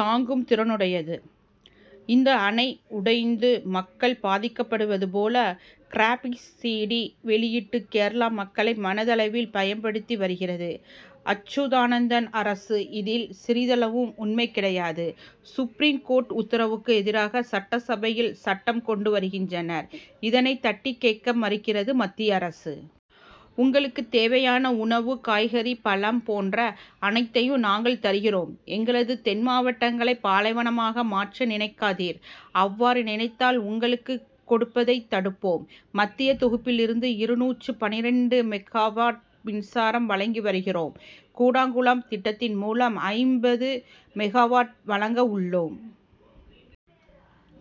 தாங்கும் திறனுடையது. இந்த அணை உடைந்து மக்கள் பாதிக்கப்படுவது போல, கிராபிக்ஸ் 'சிடி வெளியிட்டு, கேரள மக்களை மனதளவில் பயப்படுத்தி வருகிறது அச்சுதானந்தன் அரசு. இதில், சிறிதளவும் உண்மை கிடையாது. சுப்ரீம் கோர்ட் உத்தரவுக்கு எதிராக, சட்டசபையில் சட்டம் கொண்டு வருகின்றனர். இதனை தட்டிக் கேட்க மறுக்கிறது மத்திய அரசு. உங்களுக்கு தேவையான உணவு, காய்கறி, பழம் போன்ற அனைத்தையும் நாங்கள் தருகிறோம். எங்களது தென்மாவட்டங்களை பாலைவனமாக மாற்ற நினைக்காதீர். அவ்வாறு நினைத்தால், உங்களுக்கு கொடுப்பதை தடுப்போம். மத்திய தொகுப்பிலிருந்து இருநூற்று பன்னிரண்டு மெகாவாட் மின்சாரம் வழங்கி வருகிறோம். கூடங்குளம் திட்டத்தின் மூலம், ஐம்பது மெகாவாட் வழங்க உள்ளோம்.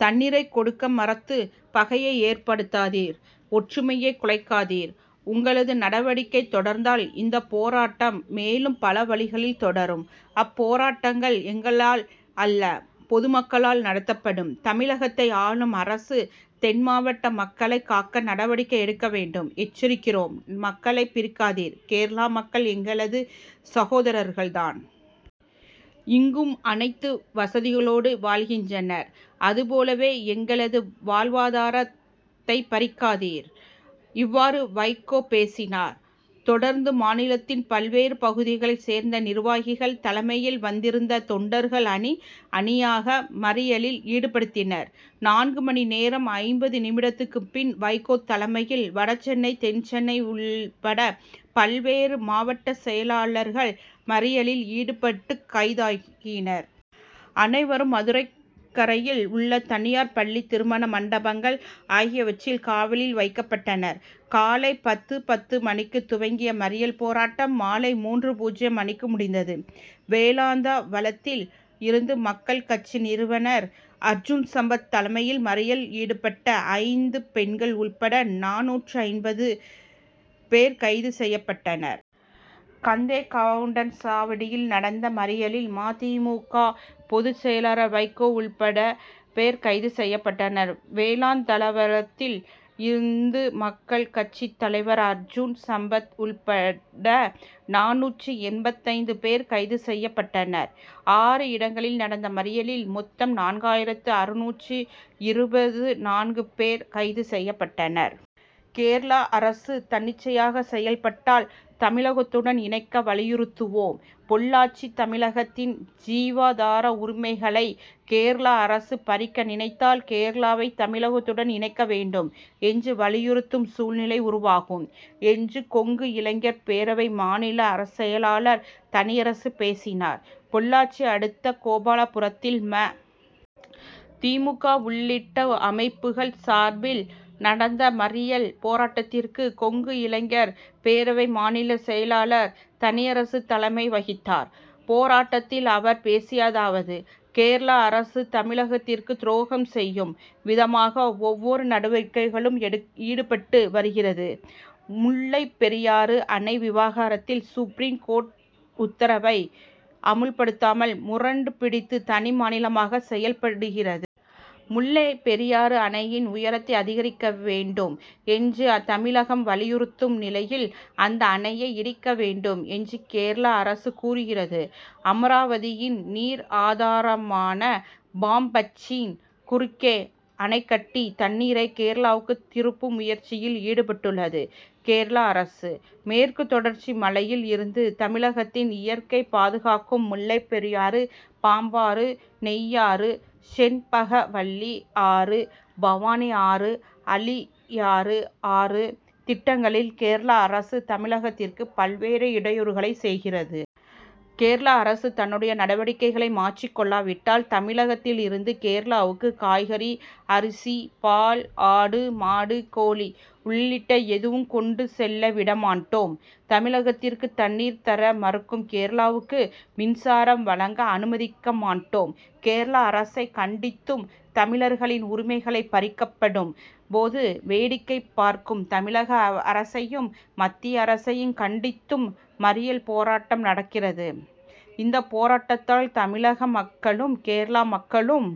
தண்ணீரை கொடுக்க மறுத்து, பகையை ஏற்படுத்தாதீர், ஒற்றுமையை குலைக்காதீர். உங்களது நடவடிக்கை தொடர்ந்தால், இந்தப் போராட்டம் மேலும் பல வழிகளில் தொடரும். அப்போராட்டங்கள் எங்களால் அல்ல; பொதுமக்களால் நடத்தப்படும். தமிழகத்தை ஆளும் அரசு, தென்மாவட்ட மக்களை காக்க நடவடிக்கை எடுக்கவேண்டும். எச்சரிக்கிறோம், மக்களை பிரிக்காதீர். கேரள மக்கள் எங்களது சகோதரர்கள்தான். இங்கும் அனைத்து வசதிகளோடு வாழ்கின்றனர். அதுபோலவே, எங்களது வாழ்வாதாரத் தை பறிக்காதீர். இவ்வாறு, வைகோ பேசினார். தொடர்ந்து, மாநிலத்தின் பல்வேறு பகுதிகளைச் சேர்ந்த நிர்வாகிகள் தலைமையில் வந்திருந்த தொண்டர்கள் அணி, அணியாக மறியலில் ஈடுபட்டனர். நான்கு மணி நேரம் ஐம்பது நிமிடத்துக்கு பின் வைகோ தலைமையில் வடசென்னை, தென்சென்னை உள்பட பல்வேறு மாவட்ட செயலாளர் கள் மறியலில் ஈடுபட்டு கைதாகினர். அனைவரும், மதுரைக்கரையில் உள்ள தனியார் பள்ளி, திருமண மண்டபங்கள் ஆகியவற்றில் காவலில் வைக்கப்பட்டனர். காலை பத்து.பத்து மணிக்கு துவங்கிய மறியல் போராட்டம் மாலை மூன்று.பூஜ்ஜியம் மணிக்கு முடிந்தது. வேலந்தாவளத்தில் இந்து மக்கள் கட்சி நிறுவனர் அர்ஜூன்சம்பத் தலைமையில் மறியலில் ஈடுபட்ட ஐந்து பெண்கள் உள்பட நானூற்று எண்பத்தைந்து பேர் கைது செய்யப்பட்டனர். கந்தேகவுண்டன்சாவடியில் நடந்த மறியிலில் ம. தி. மு. க., பொதுச் செயலாளர் வைகோ உள்பட பேர் கைது செய்யப்பட்டனர். வேலந்தாவளத்தில் இந்து மக்கள் கட்சி தலைவர் அர்ஜூன்சம்பத் உள்பட நானூற்று எண்பத்தைந்து பேர் கைது செய்ய பட்டனர். ஆறு இடங்களில் நடந்த மறியலில் மொத்தம் நான்காயிரத்து அறுநூற்று இருபத்து நான்கு பேர் கைது செய்யப்பட்டனர். 'கேரளா அரசு தன்னிச்சையாக செயல்பட்டால் தமிழகத்துடன் இணைக்க வலியுறுத்துவோம்' பொள்ளாச்சி தமிழகத்தின் ஜீவாதார உரிமைகளை கேரளா அரசு பறிக்க நினைத்தால், கேரளாவை தமிழகத்துடன் இணைக்க வேண்டும் என்று வலியுறுத்தும் சூழ்நிலை உருவாகும், என்று கொங்கு இளைஞர் பேரவை மாநில செயலாளர் தனியரசு பேசினார். பொள்ளாச்சி அடுத்த கோபாலபுரத்தில் ம. தி. மு. க., உள்ளிட்ட அமைப்புகள் சார்பில் நடந்த மறியல் போராட்டத்திற்கு கொங்கு இளைஞர் பேரவை மாநில செயலாளர் தனியரசு தலைமை வகித்தார். போராட்டத்தில் அவர் பேசியதாவது கேரளா அரசு தமிழகத்திற்கு துரோகம் செய்யும் விதமாக ஒவ்வொரு நடவடிக்கையிலும் ஈடுபட்டு வருகிறது. முல்லைப்பெரியாறு அணை விவகாரத்தில் சுப்ரீம் கோர்ட் உத்தரவை அமல்படுத்தாமல் முரண்டு பிடித்து தனி மாநிலமாக செயல்படுகிறது. முல்லை பெரியாறு அணையின் உயரத்தை அதிகரிக்க வேண்டும் என்று தமிழகம் வலியுறுத்தும் நிலையில், அந்த அணையை இடிக்க வேண்டும் என்று கேரளா அரசு கூறுகிறது. அமராவதியின் நீர்ஆதாரமான பாம்பாற்றின் குறுக்கே அணை கட்டி, தண்ணீரை கேரளாவுக்கு திருப்பும் முயற்சியில் ஈடுபட்டுள்ளது கேரளா அரசு. மேற்கு தொடர்ச்சி மலையில் இருந்து தமிழகத்தின் இயற்கை பாதுகாக்கும் முல்லைப்பெரியாறு, பாம்பாறு, நெய்யாறு, செண்பகவல்லி ஆறு, பவானி ஆறு, அழியாறு ஆறு திட்டங்களில் கேரளா அரசு, தமிழகத்திற்கு பல்வேறு இடையூறுகளை செய்கிறது. கேரளா அரசு தன்னுடைய நடவடிக்கைகளை மாற்றிக் கொள்ளாவிட்டால், தமிழகத்தில் இருந்து கேரளாவுக்கு காய்கறி, அரிசி, பால், ஆடு, மாடு, கோழி உள்ளிட்ட எதுவும் கொண்டு செல்ல விடமாட்டோம். தமிழகத்திற்கு தண்ணீர் தர மறுக்கும் கேரளாவுக்கு மின்சாரம் வழங்க அனுமதிக்க மாட்டோம். கேரளா அரசை கண்டித்தும், தமிழர்களின் உரிமைகள் பறிக்கப்படும் போது வேடிக்கை பார்க்கும் தமிழக அரசையும், மத்திய அரசையும் கண்டித்தும் மறியல் போராட்டம் நடக்கிறது. இந்த போராட்டத்தால் தமிழக மக்களும், கேரளா மக்களும்